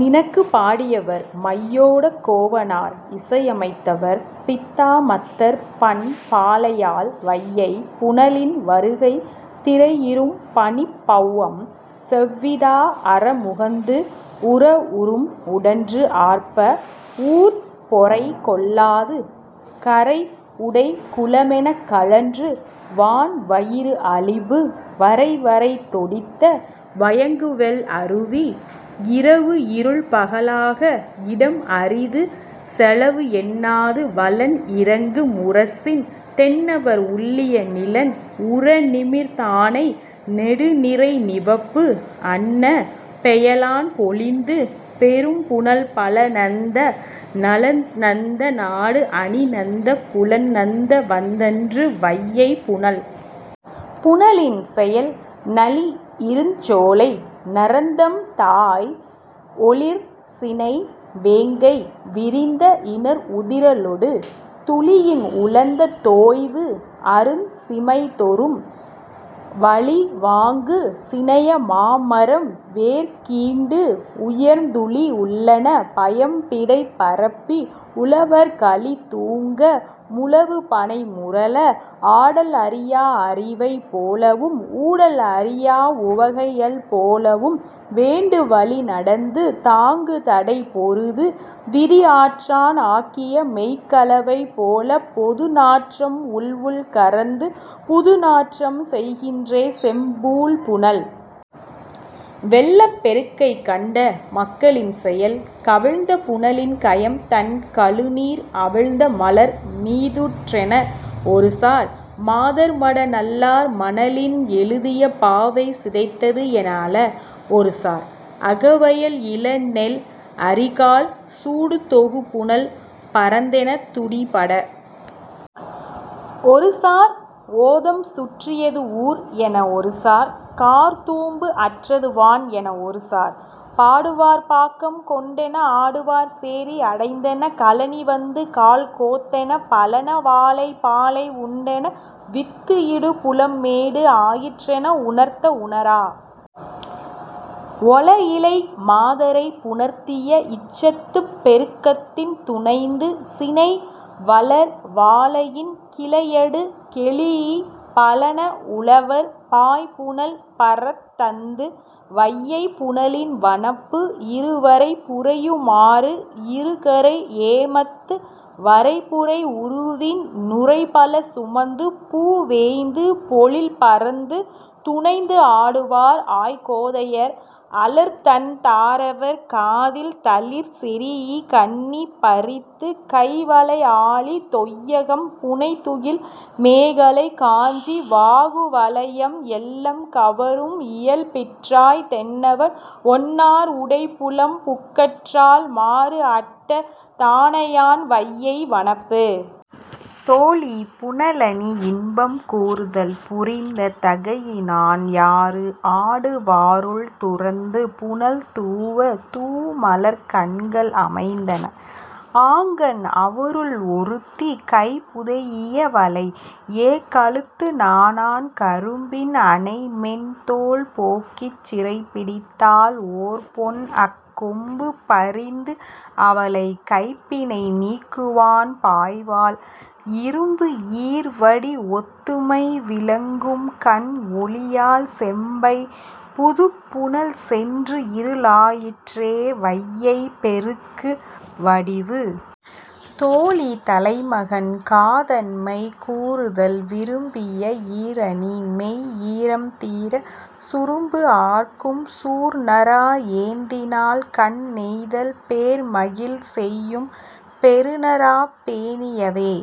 நினக்கு.। பாடியவர், மையோடக் கோவனார் இசையமைத்தவர், பித்தாமத்தர் பண், பாலையாழ் வையைப் புனலின் வருகை திரை இரும் பனிப் பௌவம் செவ்விதா அற முகந்து, உர உரும் உடன்று ஆர்ப்ப, ஊர் பொறை கொள்ளாது, கரை உடை குளமெனக் கழன்று, வான் வயிறு அழிபு, வரைவரை தொடித்த வயங்கு வெள் அருவி-- இரவு இருள் பகலாக, இடம் அரிது செலவு என்னாது, வலன் இரங்கு முரசின் தென்னவர் உள்ளிய நிலன் உற நிமிர் தானை நெடு நிரை நிவப்பு அன்ன-- பெயலான் பொலிந்து, பெரும் புனல் பல நந்த, நலன் நந்த நாடு அணி நந்தப் புலன் நந்த வந்தன்று, வையைப் புனல். புனலின் செயல் நளி இருஞ் சோலை நரந்தம் தாஅய், ஒளிர் சினை வேங்கை விரிந்த இணர் உதிரலொடு, துளியின் உழந்த தோய்வு அருஞ் சிமைதொறும் வளி வாங்கு சினைய மாமரம் வேர் கீண்டு, உய்ர்ந்துழி உள்ளன பயம்பிடைப் பரப்பி; உழவர் களி தூங்க, முழவு பணை முரல, ஆடல் அறியா அரிவை போலவும், ஊடல் அறியா உவகையள் போலவும், வேண்டு வழி நடந்து, தாங்கு தடை பொருது; விதி ஆற்றான் ஆக்கிய மெய்க் கலவை போலப் பொது நாற்றம் உள்உள் கரந்து, புது நாற்றம் செய்கின்றே, செம்பூல் புனல். வெள்ளப் பெருக்கைக் கண்ட மக்களின் செயல் 'கவிழ்ந்த புனலின் கயம் தண் கழுநீர் அவிழ்ந்த மலர் மீதுற்றென, ஒருசார்; மாதர் மடநல்லார், மணலின் எழுதிய பாவை சிதைத்தது' என அழ, ஒருசார்; 'அகவயல் இள நெல் அரிகால் சூடு தொகு புனல் பரந்தெனத் துடி பட, ஒருசார்; 'ஓதம் சுற்றியது ஊர்' என, ஒருசார்; 'கார் தூம்பு அற்றது வான்' என, ஒருசார்; 'பாடுவார் பாக்கம் கொண்டென, ஆடுவார் சேரி அடைந்தென, கழனி வந்து கால் கோத்தென, பழன வாளை பாளை உண்டென, வித்து இடு புலம் மேடு ஆயிற்றென, உணர்த்த உணரா ஒள இழை மாதரைப் புணர்த்திய இச்சத்துப் பெருக்கத்தின் துனைந்து, சினை வளர் வாளையின் கிளையடு கெழீஇ, பழன உழவர், பாய் புனல் பரத்தந்து, வையைப் புனலின் வனப்பு இறு வரை புரையுமாறு இரு கரை ஏமத்து, வரை புரை உருவின் நுரை பல சுமந்து, பூ வேய்ந்து, பொழில் பரந்து; துனைந்து ஆடுவார் ஆய் கோதையர், அலர் தண் தாரவர், காதில் தளிர் செரீஇ, கண்ணி பறித்து; கை வளை, ஆழி, தொய்யகம், புனை துகில், மேகலை, காஞ்சி, வாகுவலயம், எல்லம் கவரும் இயல்பிற்றாய்: தென்னவன் ஒன்னார் உடை புலம் புக்கற்றால்---மாறு அட்ட தானையான் வையை வனப்பு. தோழி புனலணி இன்பம் கூறுதல் புரிந்த தகையினான் யாறு ஆடுவாருள் துரந்து புனல் தூவ, தூ மலர்க் கண்கள் அமைந்தன; ஆங்கண், அவருள் ஒருத்தி, கை புதைஇய வளை ஏக்கழுத்து நாணான் கரும்பின் அணை மென் தோள் போக்கிச் சிறைப்பிடித்தாள்; ஓர் பொன் அக்கொம்பு பரிந்து அவளைக் கைப் பிணை நீக்குவான் பாய்வாள்; இரும்பு ஈர் வடி ஒத்துமை விளங்கும் கண் ஒளியால் செம்மைப் புதுப் புனல் சென்று இருளாயிற்றே; வையைப் பெருக்கு வடிவு. தோழி தலைமகன் காதன்மை கூறுதல் விரும்பிய ஈரணி மெய் ஈரம் தீர, சுரும்பு ஆர்க்கும் சூர் நறா ஏந்தினாள் கண் நெய்தல்; பேர் மகிழ் செய்யும் பெரு நறாப் பேணியவே,